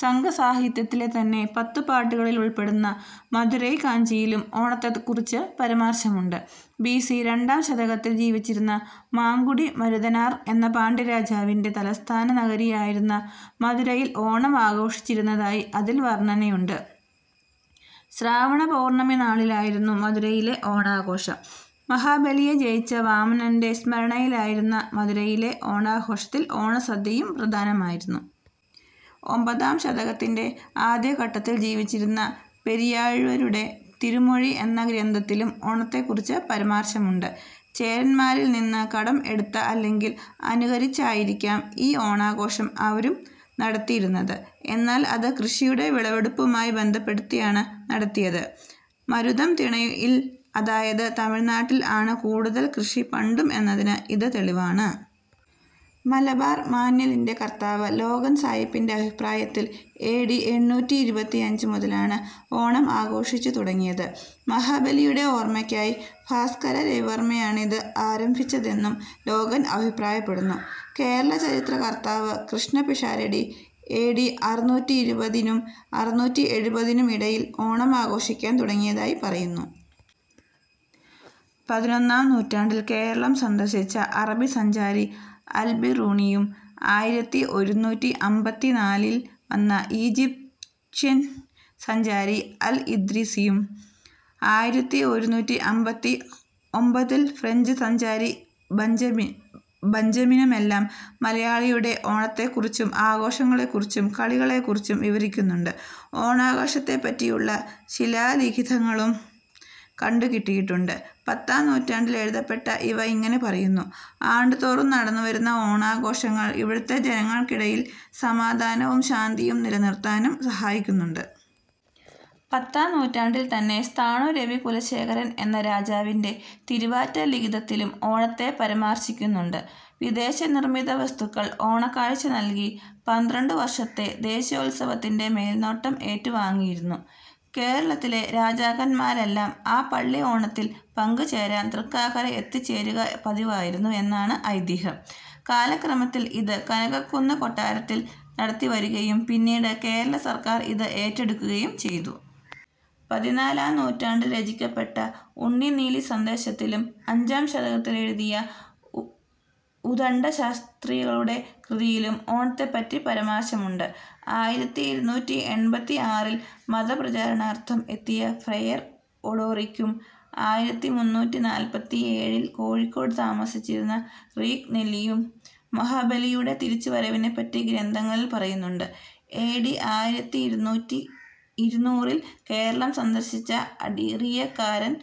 സംഘസാഹിത്യത്തിലെതന്നെ പത്തുപാട്ടുകളിലുൾപ്പെടുന്ന 'മധുരൈ കാഞ്ചി'യിലും ഓണത്തെക്കുറിച്ച് പരാമർശമുണ്ട്. ബി. സി. രണ്ടാം ശതകത്തിൽ ജീവിച്ചിരുന്ന 'മാങ്കുടി മരുതനാർ' എന്ന പാണ്ഡ്യരാജാവിന്റെ തലസ്ഥാന നഗരിയായിരുന്ന മധുരയിൽ ഓണം ആഘോഷിച്ചിരുന്നതായി അതിൽ വർണ്ണനയുണ്ട്. ശ്രാവണ പൗർണ്ണമിനാളിലായിരുന്നു മധുരയിലെ ഓണാഘോഷം. മഹാബലിയെ ജയിച്ച വാമനന്റെ സ്മരണയിലായിരുന്ന മധുരയിലെ ഓണാഘോഷത്തിൽ 'ഓണസദ്യയും' പ്രധാനമായിരുന്നു. ഒമ്പതാം ശതകത്തിന്റെ ആദ്യഘട്ടത്തിൽ ജീവിച്ചിരുന്ന പെരിയാഴ്വരുടെ 'തിരുമൊഴി' എന്ന ഗ്രന്ഥത്തിലും ഓണത്തെക്കുറിച്ച് പരാമർശമുണ്ട്. ചേരന്മാരിൽ നിന്ന് കടം എടുത്ത അല്ലെങ്കിൽ അനുകരിച്ചായിരിക്കാം ഈ ഓണാഘോഷം അവരും നടത്തിയിരുന്നത്. എന്നാൽ അത് കൃഷിയുടെ വിളവെടുപ്പുമായി ബന്ധപ്പെടുത്തിയാണ് നടത്തിയത്. മരുതം തിണയിൽ അതായത് തമിഴ്നാട്ടിൽ ആണ് കൂടുതൽ കൃഷി പണ്ടും എന്നതിന് ഇത് തെളിവാണ്. മലബാർ മാന്വലിന്റെ കർത്താവ് ലോഗൻ സായിപ്പിന്റെ അഭിപ്രായത്തിൽ എ. ഡി. എണ്ണൂറ്റിഇരുപത്തിയഞ്ച് മുതലാണ് ഓണം ആഘോഷിച്ചു തുടങ്ങിയത്. മഹാബലിയുടെ ഓർമ്മക്കായി ഭാസ്കര രവിവർമ്മയാണിത് ആരംഭിച്ചതെന്നും ലോഗൻ അഭിപ്രായപ്പെടുന്നു. കേരള ചരിത്ര കർത്താവ് കൃഷ്ണപിഷാരടി, എ. ഡി. അറുനൂറ്റിഇരുപതിനും അറുനൂറ്റിഎഴുപതിനും ഇടയിൽ ഓണം ആഘോഷിക്കാൻ തുടങ്ങിയതായി പറയുന്നു. പതിനൊന്നാം നൂറ്റാണ്ടിൽ കേരളം സന്ദർശിച്ച അറബിസഞ്ചാരി അൽബിറൂണിയും ആയിരത്തിഒരുനൂറ്റിഅമ്പത്തിനാലിൽ വന്ന ഈജിപ്ഷ്യൻ സഞ്ചാരി അൽ ഇദ്രീസിയും ആയിരത്തിഒരുനൂറ്റിഅമ്പത്തിഒമ്പതിൽ ഫ്രഞ്ച് സഞ്ചാരി ബഞ്ചമിനുമെല്ലാം മലയാളിയുടെ ഓണത്തെക്കുറിച്ചും ആഘോഷങ്ങളെക്കുറിച്ചും കളികളെക്കുറിച്ചും വിവരിക്കുന്നുണ്ട്. ഓണാഘോഷത്തെപ്പറ്റിയുള്ള ശിലാലിഖിതങ്ങളും കണ്ടുകിട്ടിയിട്ടുണ്ട്. പത്താം നൂറ്റാണ്ടിൽ എഴുതപ്പെട്ട ഇവ ഇങ്ങനെ പറയുന്നു. "ആണ്ടുതോറും നടന്നുവരുന്ന ഓണാഘോഷങ്ങൾ ഇവിടുത്തെ ജനങ്ങൾക്കിടയിൽ സമാധാനവും ശാന്തിയും നിലനിർത്താനും സഹായിക്കുന്നുണ്ട്". പത്താം നൂറ്റാണ്ടിൽത്തന്നെ സ്ഥാണു രവികുലശേഖരൻ എന്ന രാജാവിന്റെ തിരുവാറ്റ് ലിഖിതത്തിലും ഓണത്തെ പരാമർശിക്കുന്നുണ്ട്. വിദേശനിർമ്മിത വസ്തുക്കൾ ഓണക്കാഴ്ച നൽകി പന്ത്രണ്ടുവർഷത്തെ ദേശീയോത്സവത്തിന്റെ മേൽനോട്ടം ഏറ്റുവാങ്ങിയിരുന്നു. കേരളത്തിലെ രാജാക്കൻമാരെല്ലാം ആ പള്ളി ഓണത്തിൽ പങ്കുചേരാൻ തൃക്കാക്കര എത്തിച്ചേരുക പതിവായിരുന്നു എന്നാണ് ഐതിഹ്യം. കാലക്രമത്തിൽ ഇത് കനകക്കുന്ന് കൊട്ടാരത്തിൽ നടത്തിവരുകയും പിന്നീട് കേരളസർക്കാർ ഇത് ഏറ്റെടുക്കുകയും ചെയ്തു. പതിനാലാം നൂറ്റാണ്ടിൽ രചിക്കപ്പെട്ട 'ഉണ്ണിനീലിസന്ദേശ'ത്തിലും അഞ്ചാം ശതകത്തിലെഴുതിയ ഉദണ്ഡശാസ്ത്രികളുടെ കൃതിയിലും ഓണത്തെപ്പറ്റി പരാമർശമുണ്ട്. ആയിരത്തിഇരുനൂറ്റിഎൺപത്തിആറിൽ മതപ്രചാരണാർത്ഥം എത്തിയ ഫ്രയർ ഒഡോറിക്കും ആയിരത്തിമുന്നൂറ്റിനാല്പത്തിയേഴിൽ കോഴിക്കോട് താമസിച്ചിരുന്ന റീഗ് നെല്ലിയും മഹാബലിയുടെ തിരിച്ചുവരവിനെപ്പറ്റി ഗ്രന്ഥങ്ങളിൽ പറയുന്നുണ്ട്. എ. ഡി. ആയിരത്തിഇരുനൂറിൽ കേരളം സന്ദർശിച്ച അഡീറിയക്കാരൻ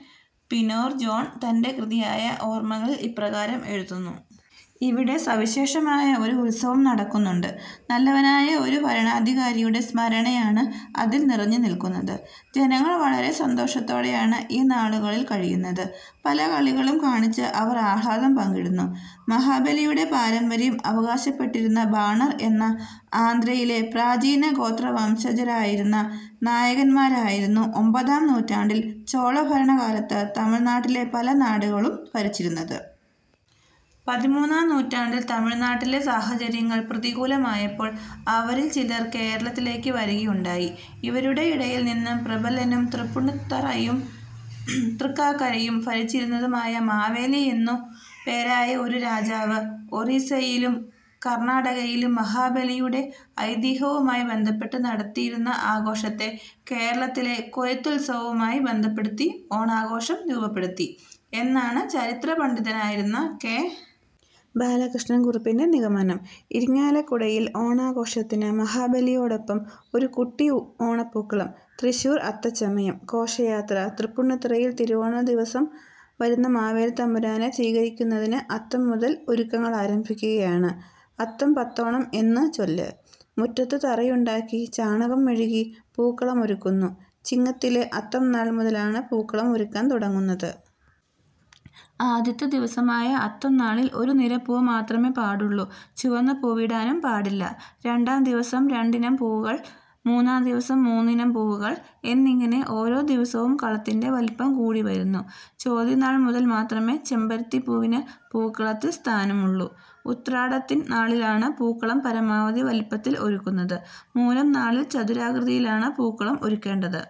'പിനോർ ജോൺ' തന്റെ കൃതിയായ 'ഓർമ്മകളിൽ' ഇപ്രകാരം എഴുതുന്നു. "ഇവിടെ സവിശേഷമായ ഒരു ഉത്സവം നടക്കുന്നുണ്ട്. നല്ലവനായ ഒരു ഭരണാധികാരിയുടെ സ്മരണയാണ് അതിൽ നിറഞ്ഞു നിൽക്കുന്നത്. ജനങ്ങൾ വളരെ സന്തോഷത്തോടെയാണ് ഈ നാളുകളിൽ കഴിയുന്നത്. പല കളികളും കാണിച്ച് അവർ ആഹ്ലാദം പങ്കിടുന്നു. " മഹാബലിയുടെ പാരമ്പര്യം അവകാശപ്പെട്ടിരുന്ന ബാണർ എന്ന ആന്ധ്രയിലെ പ്രാചീനഗോത്രവംശജരായിരുന്ന നായകന്മാരായിരുന്നു ഒമ്പതാം നൂറ്റാണ്ടിൽ ചോളഭരണ കാലത്ത് തമിഴ്നാട്ടിലെ പല നാടുകളും ഭരിച്ചിരുന്നത്. പതിമൂന്നാം നൂറ്റാണ്ടിൽ തമിഴ്നാട്ടിലെ സാഹചര്യങ്ങൾ പ്രതികൂലമായപ്പോൾ അവരിൽ ചിലർ കേരളത്തിലേക്ക് വരികയുണ്ടായി. ഇവരുടെ ഇടയിൽനിന്ന് പ്രബലനും തൃപ്പൂണിത്തറയും, തൃക്കാക്കരയും ഭരിച്ചിരുന്നതുമായ 'മാവേലി' എന്നു പേരായ ഒരു രാജാവ്, ഒറീസയിലും, കർണാടകയിലും മഹാബലിയുടെ ഐതിഹ്യവുമായി ബന്ധപ്പെട്ട് നടത്തിയിരുന്ന ആഘോഷത്തെ കേരളത്തിലെ കൊയ്ത്തുത്സവവുമായി ബന്ധപ്പെടുത്തി ഓണാഘോഷം രൂപപ്പെടുത്തി. എന്നാണ് ചരിത്രപണ്ഡിതനായിരുന്ന കെ. ബാലകൃഷ്ണ കുറുപ്പിന്റെ നിഗമനം. ഇരിങ്ങാലക്കുടയിൽ ഓണാഘോഷത്തിന് മഹാബലിയോടൊപ്പം ഒരു കുട്ടി ഓണപൂക്കളം തൃശൂർ അത്തച്ചമയം ഘോഷയാത്ര തൃപ്പൂണിത്തുറയിൽ 'തിരുവോണദിവസം വരുന്ന മാവേലിത്തമ്പുരാനെ സ്വീകരിക്കുന്നതിന് അത്തം മുതൽ ഒരുക്കങ്ങളാരംഭിക്കുകയാണ്. 'അത്തം പത്തോണം' എന്ന് ചൊല്ല്. മുറ്റത്ത് തറയുണ്ടാക്കി ചാണകം മെഴുകി പൂക്കളമൊരുക്കുന്നു. ചിങ്ങത്തിലെ അത്തംനാൾ മുതലാണ് പൂക്കളം ഒരുക്കാൻ തുടങ്ങുന്നത്. ആദ്യത്തെ ദിവസമായ അത്തംനാളിൽ ഒരു നിര പൂ മാത്രമേ പാടുള്ളൂ. ചുവന്ന പൂവിടാനും പാടില്ല. രണ്ടാം ദിവസം രണ്ടിനം പൂവുകൾ മൂന്നാം ദിവസം മൂന്നിനം പൂവുകൾ എന്നിങ്ങനെ ഓരോ ദിവസവും കളത്തിന്റെ വലിപ്പം കൂടി വരുന്നു. ചോതിനാൾ മുതൽ മാത്രമേ ചെമ്പരത്തിപ്പൂവിന് പൂക്കളത്തിൽ സ്ഥാനമുള്ളൂ. ഉത്രാടത്തിൻനാളിലാണ് പൂക്കളം പരമാവധി വലിപ്പത്തിൽ ഒരുക്കുന്നത്. മൂലം നാളിൽ ചതുരാകൃതിയിലാണ് പൂക്കളം ഒരുക്കേണ്ടത്.